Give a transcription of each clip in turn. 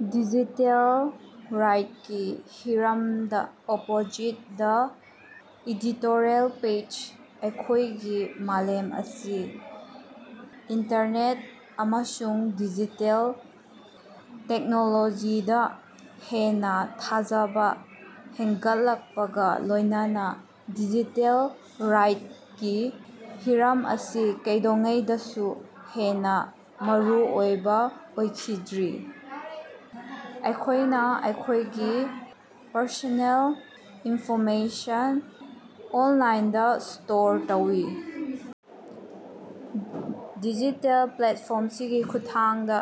Digital ꯔꯥꯏꯠꯁꯀꯤ ꯍꯤꯔꯝꯗꯥ opposite ꯗꯥ ꯏꯗꯤꯇꯣꯔꯤꯑꯦꯜ ꯄꯦꯖ ꯑꯩꯈꯣꯏꯒꯤ ꯃꯥꯂꯦꯝ ꯑꯁꯤ ꯏꯟꯇꯔꯅꯦꯠ ꯑꯃꯁꯨꯡ ꯗꯤꯖꯤꯇꯦꯜ ꯇꯦꯛꯅꯣꯂꯣꯖꯤꯁꯤꯡꯗꯥ ꯍꯦꯟꯅꯥ ꯊꯥꯖꯕꯥ ꯍꯦꯟꯒꯠꯂꯛꯄꯒꯥ ꯂꯣꯏꯅꯅꯥ ꯗꯤꯖꯤꯇꯦꯜ ꯔꯥꯏꯠꯁꯀꯤ ꯍꯤꯔꯝ ꯑꯁꯤ ꯀꯩꯗꯧꯉꯩꯗꯁꯨ ꯍꯦꯟꯅꯥ ꯃꯔꯨꯑꯣꯏꯕꯥ ꯑꯣꯏꯈꯤꯗ꯭ꯔꯤ꯫ ꯑꯩꯈꯣꯏꯅꯥ ꯑꯩꯈꯣꯏꯒꯤ ꯄꯔꯁꯣꯅꯦꯜ ꯏꯟꯐꯣꯔꯃꯦꯁꯟ ꯑꯣꯟꯂꯥꯏꯟꯗꯥ ꯁ꯭ꯇꯣꯔ ꯇꯧꯏ, ꯗꯤꯖꯤꯇꯦꯜ ꯄ꯭ꯂꯦꯠꯐꯣꯝꯁꯤꯡꯒꯤ ꯈꯨꯠꯊꯥꯡꯗꯥ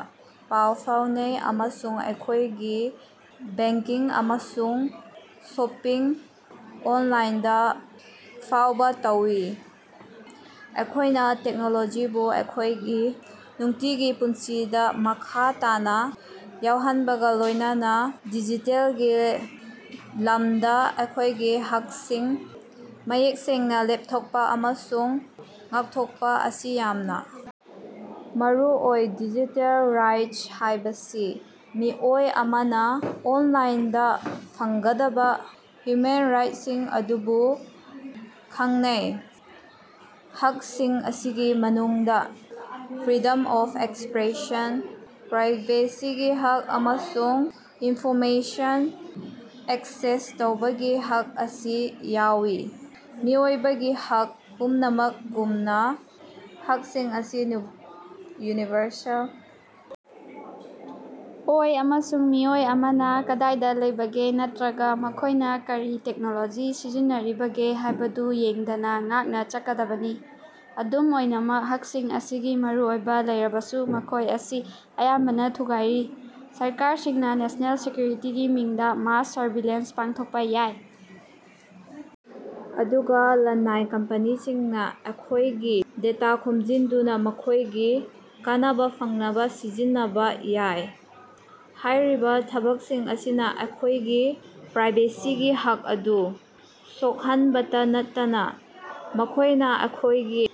ꯄꯥꯎ ꯐꯥꯎꯅꯩ ꯑꯃꯁꯨꯡ ꯑꯩꯈꯣꯏꯒꯤ ꯕꯦꯡꯀꯤꯡ ꯑꯃꯁꯨꯡ ꯁꯣꯄꯤꯡ ꯑꯣꯟꯂꯥꯏꯟꯗ ꯐꯥꯎꯕꯥ ꯇꯧꯏ꯫ ꯑꯩꯈꯣꯏꯅꯥ ꯇꯦꯛꯅꯣꯂꯣꯖꯤꯕꯨ ꯑꯩꯈꯣꯏꯒꯤ ꯅꯨꯡꯇꯤꯒꯤ ꯄꯨꯟꯁꯤꯗꯥ ꯃꯈꯥ ꯇꯥꯅꯥ ꯌꯥꯎꯍꯟꯕꯒꯥ ꯂꯣꯏꯅꯅꯥ ꯗꯤꯖꯤꯇꯦꯜꯒꯤ ꯂꯝꯗꯥ ꯑꯩꯈꯣꯏꯒꯤ ꯍꯛꯁꯤꯡ ꯃꯌꯦꯛ ꯁꯦꯡꯅꯥ ꯂꯦꯞꯊꯣꯛꯄꯥ ꯑꯃꯁꯨꯡ ꯉꯥꯛꯊꯣꯛꯄꯥ ꯑꯁꯤ ꯌꯥꯝꯅꯥ ꯃꯔꯨꯑꯣꯏ꯫ ꯗꯤꯖꯤꯇꯦꯜ ꯔꯥꯏꯠꯁ ꯍꯥꯏꯕꯁꯤ ꯃꯤꯑꯣꯏ ꯑꯃꯅꯥ ꯑꯣꯟꯂꯥꯏꯟꯗꯥ ꯐꯪꯒꯗꯕꯥ ꯍ꯭ꯌꯨꯃꯦꯟ ꯔꯥꯏꯠꯁꯤꯡ ꯑꯗꯨꯕꯨ ꯈꯪꯅꯩ꯫ ꯍꯛꯁꯤꯡ ꯑꯁꯤꯒꯤ ꯃꯅꯨꯡꯗꯥ ꯐ꯭ꯔꯤꯗꯝ ꯑꯣꯐ ꯑꯦꯛꯁꯄ꯭ꯔꯦꯁꯟ, ꯄ꯭ꯔꯥꯏꯚꯦꯁꯤꯒꯤ ꯍꯛ ꯑꯃꯁꯨꯡ ꯏꯟꯐꯣꯔꯃꯦꯁꯟ ꯑꯦꯛꯁꯦꯁ ꯇꯧꯕꯒꯤ ꯍꯛ ꯑꯁꯤ ꯌꯥꯎꯏ꯫ ꯃꯤꯑꯣꯏꯕꯒꯤ ꯍꯛ ꯄꯨꯝꯅꯃꯛꯒꯨꯝꯅꯥ, ꯍꯛꯁꯤꯡ ꯑꯁꯤ ꯌꯨꯅꯤꯚꯔꯁꯦꯜ ꯑꯣꯏ ꯑꯃꯁꯨꯡ ꯃꯤꯑꯣꯏ ꯑꯃꯅꯥ ꯀꯗꯥꯏꯗꯥ ꯂꯩꯕꯒꯦ ꯅꯠꯇ꯭ꯔꯒꯥ ꯃꯈꯣꯏꯅꯥ ꯀꯔꯤ ꯇꯦꯛꯅꯣꯂꯣꯖꯤ ꯁꯤꯖꯤꯟꯅꯔꯤꯕꯒꯦ ꯍꯥꯏꯕꯗꯨ ꯌꯦꯡꯗꯅꯥ ꯉꯥꯛꯅꯥ ꯆꯠꯀꯗꯕꯅꯤ꯫ ꯑꯗꯨꯝ ꯑꯣꯏꯅꯃꯛ ꯍꯛꯁꯤꯡ ꯑꯁꯤꯒꯤ ꯃꯔꯨꯑꯣꯏꯕꯥ ꯂꯩꯔꯕꯁꯨ ꯃꯈꯣꯏ ꯑꯁꯤ ꯑꯌꯥꯝꯕꯅꯥ ꯊꯨꯒꯥꯏꯔꯤ꯫ ꯁꯔꯀꯥꯔꯁꯤꯡꯅꯥ ꯅꯦꯁ꯭ꯅꯦꯜ ꯁꯦꯀ꯭ꯌꯨꯔꯤꯇꯤꯒꯤ ꯃꯤꯡꯗꯥ ꯃꯥꯁ ꯁꯔꯚꯤꯂꯦꯟꯁ ꯄꯥꯡꯊꯣꯛꯄꯥ ꯌꯥꯏ, ꯑꯗꯨꯒꯥ ꯂꯅꯥꯏ ꯀꯝꯄꯦꯅꯤꯁꯤꯡꯅꯥ ꯑꯩꯈꯣꯏꯒꯤ ꯗꯦꯇꯥ ꯈꯣꯝꯖꯤꯟꯗꯨꯅꯥ ꯃꯈꯣꯏꯒꯤ ꯀꯥꯟꯅꯕꯥ ꯐꯪꯅꯕꯥ ꯁꯤꯖꯤꯟꯅꯕꯥ ꯌꯥꯏ꯫ ꯍꯥꯏꯔꯤꯕꯥ ꯊꯕꯛꯁꯤꯡ ꯑꯁꯤꯅꯥ ꯑꯩꯈꯣꯏꯒꯤ ꯄ꯭ꯔꯥꯏꯚꯦꯁꯤꯒꯤ ꯍꯛ ꯑꯗꯨ ꯁꯣꯛꯍꯟꯕꯇꯥ ꯅꯠꯇꯅꯥ, ꯃꯈꯣꯏꯅꯥ ꯑꯩꯈꯣꯏꯒꯤ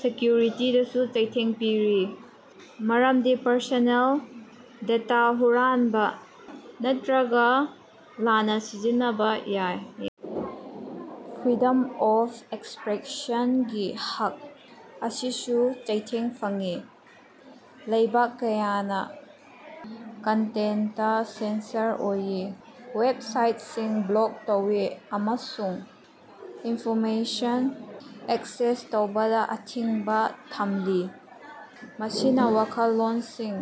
ꯁꯦꯀ꯭ꯌꯨꯔꯤꯇꯤꯗꯁꯨ ꯆꯩꯊꯦꯡ ꯄꯤꯔꯤ, ꯃꯔꯝꯗꯤ ꯄꯔꯁꯣꯅꯦꯜ ꯗꯦꯇꯥ ꯍꯨꯔꯥꯟꯕꯥ ꯅꯠꯇ꯭ꯔꯒꯥ ꯂꯥꯟꯅꯥ ꯁꯤꯖꯤꯟꯅꯕꯥ ꯌꯥꯏ꯫ ꯐ꯭ꯔꯤꯗꯝ ꯑꯣꯐ ꯑꯦꯛꯁꯄ꯭ꯔꯦꯁꯟꯒꯤ ꯍꯛ ꯑꯁꯤꯁꯨ ꯆꯩꯊꯦꯡ ꯐꯪꯂꯤ꯫ ꯂꯩꯕꯥꯛ ꯀꯌꯥꯅꯥ ꯀꯟꯇꯦꯟꯇ ꯁꯦꯟꯁꯔ ꯑꯣꯏꯌꯤ, ꯋꯦꯞꯁꯥꯏꯠꯁꯤꯡ ꯕ꯭ꯂꯣꯛ ꯇꯧꯏ ꯑꯃꯁꯨꯡ ꯏꯟꯐꯣꯔꯃꯦꯁꯟ ꯑꯦꯛꯁꯦꯁ ꯇꯧꯕꯗꯥ ꯑꯊꯤꯡꯕꯥ ꯊꯝꯂꯤ꯫ ꯃꯁꯤꯅꯥ ꯋꯥꯈꯜꯂꯣꯟꯁꯤꯡ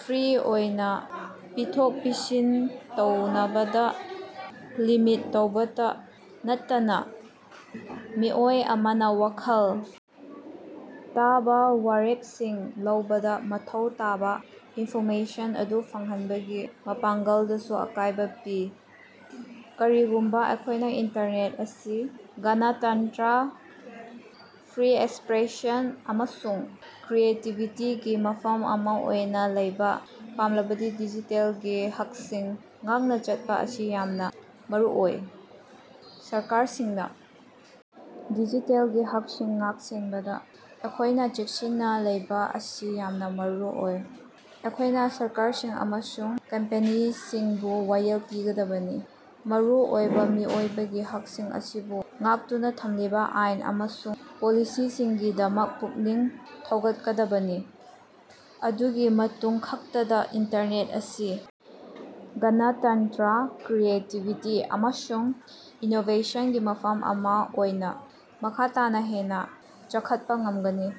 ꯐ꯭ꯔꯤ ꯑꯣꯏꯅꯥ ꯄꯤꯊꯣꯛ-ꯄꯤꯁꯤꯟ ꯇꯧꯅꯕꯗꯥ ꯂꯤꯃꯤꯠ ꯇꯧꯕꯇꯥ ꯅꯠꯇꯅꯥ, ꯃꯤꯑꯣꯏ ꯑꯃꯅꯥ ꯋꯥꯈꯜ ꯇꯥꯕꯥ ꯋꯥꯔꯦꯞꯁꯤꯡ ꯂꯧꯕꯗꯥ ꯃꯊꯧ ꯇꯥꯕꯥ ꯏꯟꯐꯣꯔꯃꯦꯁꯟ ꯑꯗꯨ ꯐꯪꯍꯟꯕꯒꯤ ꯃꯄꯥꯡꯒꯜꯗꯁꯨ ꯑꯀꯥꯏꯕꯥ ꯄꯤ꯫ ꯀꯔꯤꯒꯨꯝꯕꯥ ꯑꯩꯈꯣꯏꯅꯥ ꯏꯟꯇꯔꯅꯦꯠ ꯑꯁꯤ ꯒꯅꯇꯟꯇ꯭ꯔ, ꯐ꯭ꯔꯤ ꯑꯦꯛꯁꯄ꯭ꯔꯦꯁꯟ ꯑꯃꯁꯨꯡ ꯀ꯭ꯔꯤꯌꯦꯇꯤꯕꯤꯇꯤꯒꯤ ꯃꯐꯝ ꯑꯃꯥ ꯑꯣꯏꯅꯥ ꯂꯩꯕꯥ ꯄꯥꯝꯂꯕꯗꯤ ꯗꯤꯖꯤꯇꯦꯜꯒꯤ ꯍꯛꯁꯤꯡ ꯉꯥꯛꯅꯥ ꯆꯠꯄꯥ ꯑꯁꯤ ꯌꯥꯝꯅꯥ ꯃꯔꯨꯑꯣꯏ꯫ ꯁꯔꯀꯥꯔꯁꯤꯡꯅꯥ ꯗꯤꯖꯤꯇꯦꯜꯒꯤ ꯍꯛꯁꯤꯡ ꯉꯥꯛ-ꯁꯦꯟꯕꯗꯥ ꯑꯩꯈꯣꯏꯅꯥ ꯆꯦꯛꯁꯤꯟꯅꯥ ꯂꯩꯕꯥ ꯑꯁꯤ ꯌꯥꯝꯅꯥ ꯃꯔꯨ ꯑꯣꯏ꯫ ꯑꯩꯈꯣꯏꯅꯥ ꯁꯔꯀꯥꯔꯁꯤꯡ ꯑꯃꯁꯨꯡ ꯀꯝꯄꯦꯅꯤꯁꯤꯡꯕꯨ ꯋꯥꯌꯦꯜ ꯄꯤꯒꯗꯕꯅꯤ, ꯃꯔꯨ ꯑꯣꯏꯕꯥ ꯃꯤꯑꯣꯏꯕꯒꯤ ꯍꯛꯁꯤꯡ ꯑꯁꯤꯕꯨ ꯉꯥꯛꯇꯨꯅꯥ ꯊꯝꯂꯤꯕꯥ ꯑꯥꯏꯟ ꯑꯃꯁꯨꯡ ꯄꯣꯂꯤꯁꯤꯁꯤꯡꯒꯤꯗꯃꯛ ꯄꯨꯛꯅꯤꯡ ꯊꯧꯒꯠꯀꯗꯕꯅꯤ꯫ ꯃꯗꯨꯒꯤ ꯃꯇꯨꯡ ꯈꯛꯇꯗꯥ ꯏꯟꯇꯔꯅꯦꯠ ꯑꯁꯤ ꯒꯅꯇꯟꯇ꯭ꯔ, ꯀ꯭ꯔꯤꯌꯦꯇꯤꯕꯤꯇꯤ, ꯑꯃꯁꯨꯡ ꯏꯅꯣꯕꯦꯁꯟꯒꯤ ꯃꯐꯝ ꯑꯃꯥ ꯑꯣꯏꯅꯥ ꯃꯈꯥ ꯇꯥꯅꯥ ꯍꯦꯟꯅꯥ ꯆꯥꯎꯈꯠꯄꯥ ꯉꯝꯒꯅꯤ꯫